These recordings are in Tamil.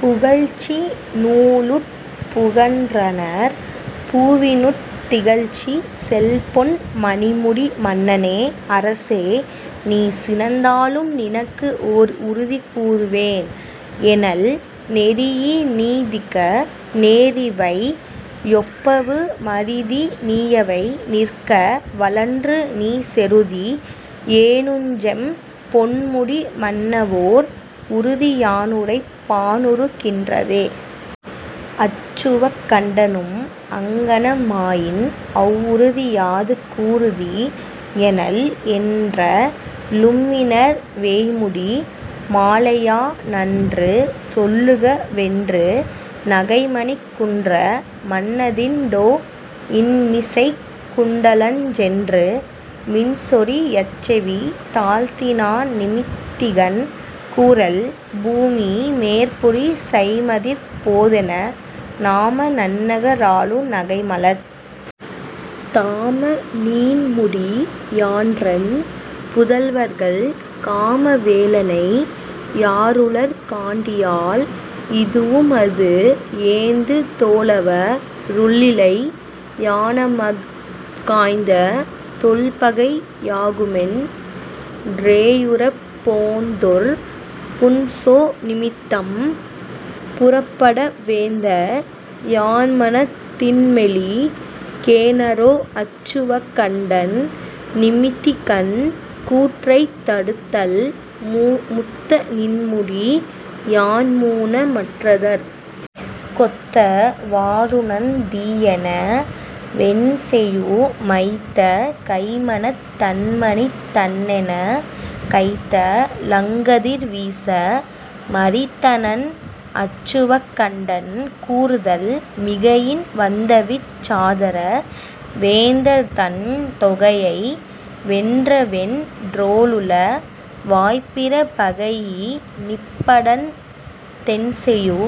புகழ்ச்சி நூலுட் புகன்றனர் பூவினுட் டிகழ்ச்சி செல்பொன் மணிமுடி மன்னனே அரசே! நீ சினந்தாலும் நினக்கு ஓர் உறுதி கூறுவேன் எனல் நெறியி னீதிக்க னேரிவை யொப்பவு மறிதி நீயவை நிற்க வழன்று நீ செறுதி யேனுஞ்செம் பொன்முடி மன்னவோர் உறுதி யானுரைப் பானுறு கின்றதே அச்சுவக்கண்டனும் அங்ஙனமாயின் அவ்வுறுதி யாது கூறுதி எனல் என்ற லும்மிணர் வேய்முடி மாலையா னன்று சொல்லுக வென்று நகைமணிக் குன்ற மன்னதிண் டோ ண்மிசைக் குண்டலஞ் சென்று மின்சொரி யச்செவி தாழ்த்தினான் நிமித்திகன் கூறல் பூமி மேற்புரி சைம்மதிற் போதன நாம நன்னக ராளு நகைமலர்த் தாம நீண்முடி யான்றன் புதல்வர்கள் காம வேளனை யாருளர் காண்டியால் இதுவுமது ஏந்து தோளவ ருள்ளிளை யானமக் காய்ந்த தொல்பகை யாகுமென் றேயுறப் போந்தொர் புன்சொ னிமித்தம் புறப்பட வேந்த யான்மனத் தின்மெலி கேனரோ அச்சுவக்கண்டன் நிமித்திகன் கூற்றைத் தடுத்தல் முத்த நிண்முடி யான்மூன்ன மற்றதற் கொத்த வாறுணர்ந் தீயென வென்செயு மைத்த கைமனத் தன்மணித் தன்னெனக் கைத்த லங்கதிர் வீச மறித்தனன் அச்சுவக்கண்டன் கூறுதல் மிகையின் வந்தவிச் சாதர வேந்தர்தந் தொகையை வென்றவென் றோளுள வாப்பிற பகையி னிப்படர்ந் தென்செயு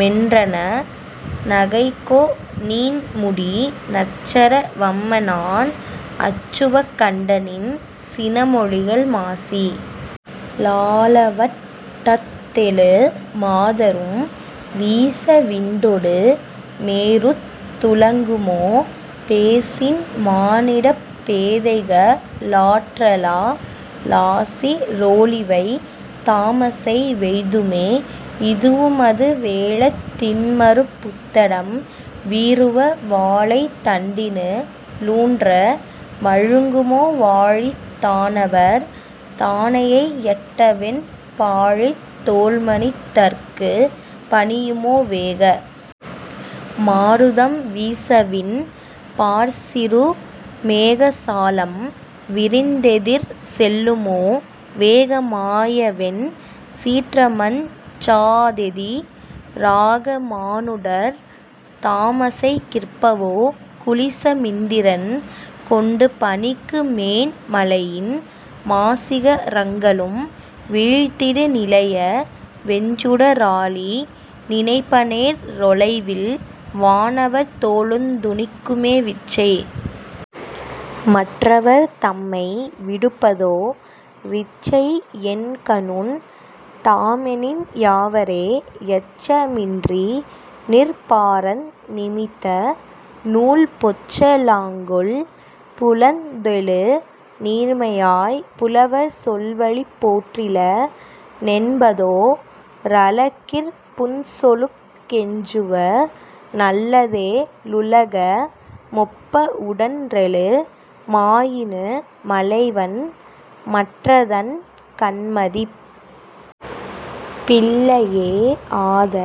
மென்றன னகைகொ ணீண்முடி நச்சர வம்மனான் அச்சுவக்கண்டனின் சினமொழிகள் மாசி லாலவட் டத்தெழு மாதரும் வீச விண்டொடு மேருத் துளங்குமோ பேசின் மானிடப் பேதைக ளாற்றலா லாசி றோளிவை தாமசை வெய்துமோ இதுவுமது வேழத் தின்மருப் புத்தடம் வீறுவ வாழைத் தண்டினு ளூன்ற மழுங்குமோ வாழித் தானவர் தானையை யட்டவென் பாழித் தோள்மனித் தர்க்குப் பணியுமோ வேக மாருதம் வீசவிண் பாற்சிறு மேக சாலம் விரிந்தெதிர் செல்லுமோ வேக மாயவென் சீற்றமஞ் சாதெதி ராக மானுடர் தாமசை கிற்பவோ குலிச மிந்திரன் கொண்டு பணிக்கு மேன் மலையின் மாசிக ரங்களும் வீழ்த்திடு நிலைய வெஞ்சுட ராழி நினைப்பனேற் றொலைவில் வானவர் தோளுந் துணிக்குமே விச்சை மற்றவர் தம்மை விடுப்பதோ ரிச்சை யென்கணுண் டாமெனின் யாவரே யச்ச மின்றி நிற் பாரந் நிமித்த நூல் பொச்ச லாங்கொல் புலந் தெழு நீர்மையாய் புலவர் சொல்வழி போற்றில னென்பதோ ரலகிற் புன்சொலுக் கெஞ்சுவ னல்லதே லுலக மொப்ப வுடன்றெழு மாயினு மலைவன் மற்றதன் கண்மதிப் பில்லையே ஆத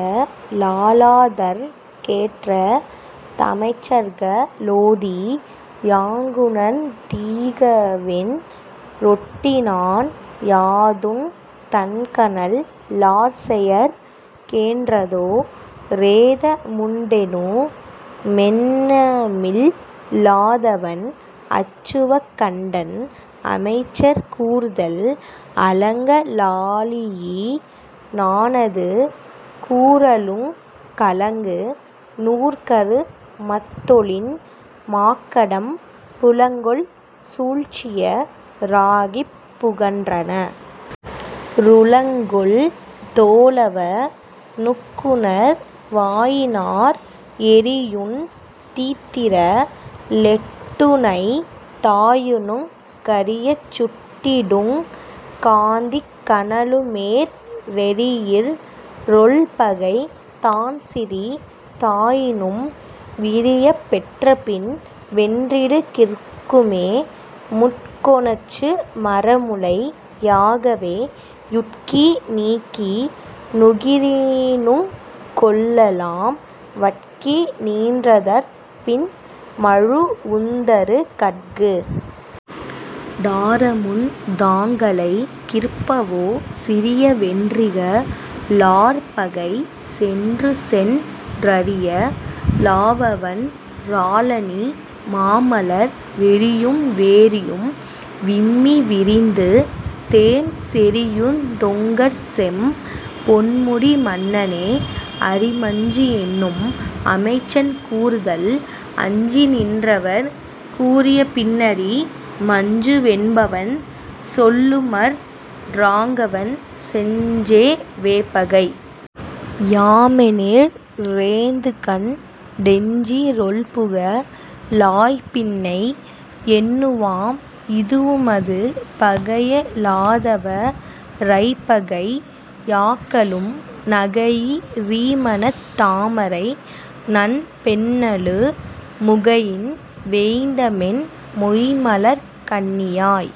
லாலாதற் கேற்ற தமைச்சர்க ளோதி யாங்குணர்ந் தீகவென் றொட்டினான் யாதுந் தன்கணல் லார்செயற் கேன்றதோ ரேத முண்டெனு மெண்ணமில் லாதவன் அச்சுவக் கண்டன் அமைச்சர் கூறுதல் அலங்க லாழியி னானது கூறலுங் கலங்கு நூற்கரு மத்தொழின் மாக்கடம் புலங்கொள் சூழ்ச்சிய ராகிப் புகன்றன ருலங்கொள் தோளவ னுக்குணர் வாயினார் எரியுந் தீத்திர ளெட்டுணைத் தாயினுங் கரியச் சுட்டிடுங் காந்திக் கனலுமேற் றெரியிற் றொல்பகை தான்சிறி தாயினும் விரியப் பெற்றபின் வென்றிடு கிற்குமே முட்கொணச்சு மரமுளை யாகவே யுட்கி நீக்கி னுகிரினுங் கொல்லலாம் வட்கி நீண்டதற் பின் மழு வுந்தறு கட்கு டாரமுந் தாங்களை கிற்பவோ சிறிய வென்றிக ழார்பகை சென்றுசென் றறிய லாவவன் றாலணி மாமலர் வெறியும் வேரியும் விம்மி விரிந்துதேன் செறியுந் தொங்கற்செம் பொன்முடி மன்னனே அரிமஞ்சு என்னும் அமைச்சன் கூறுதல் அஞ்சி நின்றவர் கூறிய பின்னரி மஞ்சு வென்பவன் சொல்லுமற் றாங்கவன் செஞ்செ வேபகை யாமெனிற் றேர்ந்துகண் டெஞ்சி றொல்புக ழாய்பின்னை யெண்ணுவாம் இதுவுமது பகைய லாதவ ரைப்பகை யாக்கலும் நகையி றீமனத் தாமரை நண் பெண்ணலு முகையின் வேய்ந்தமென் மொய்ம்மலர்க் கண்ணியாய்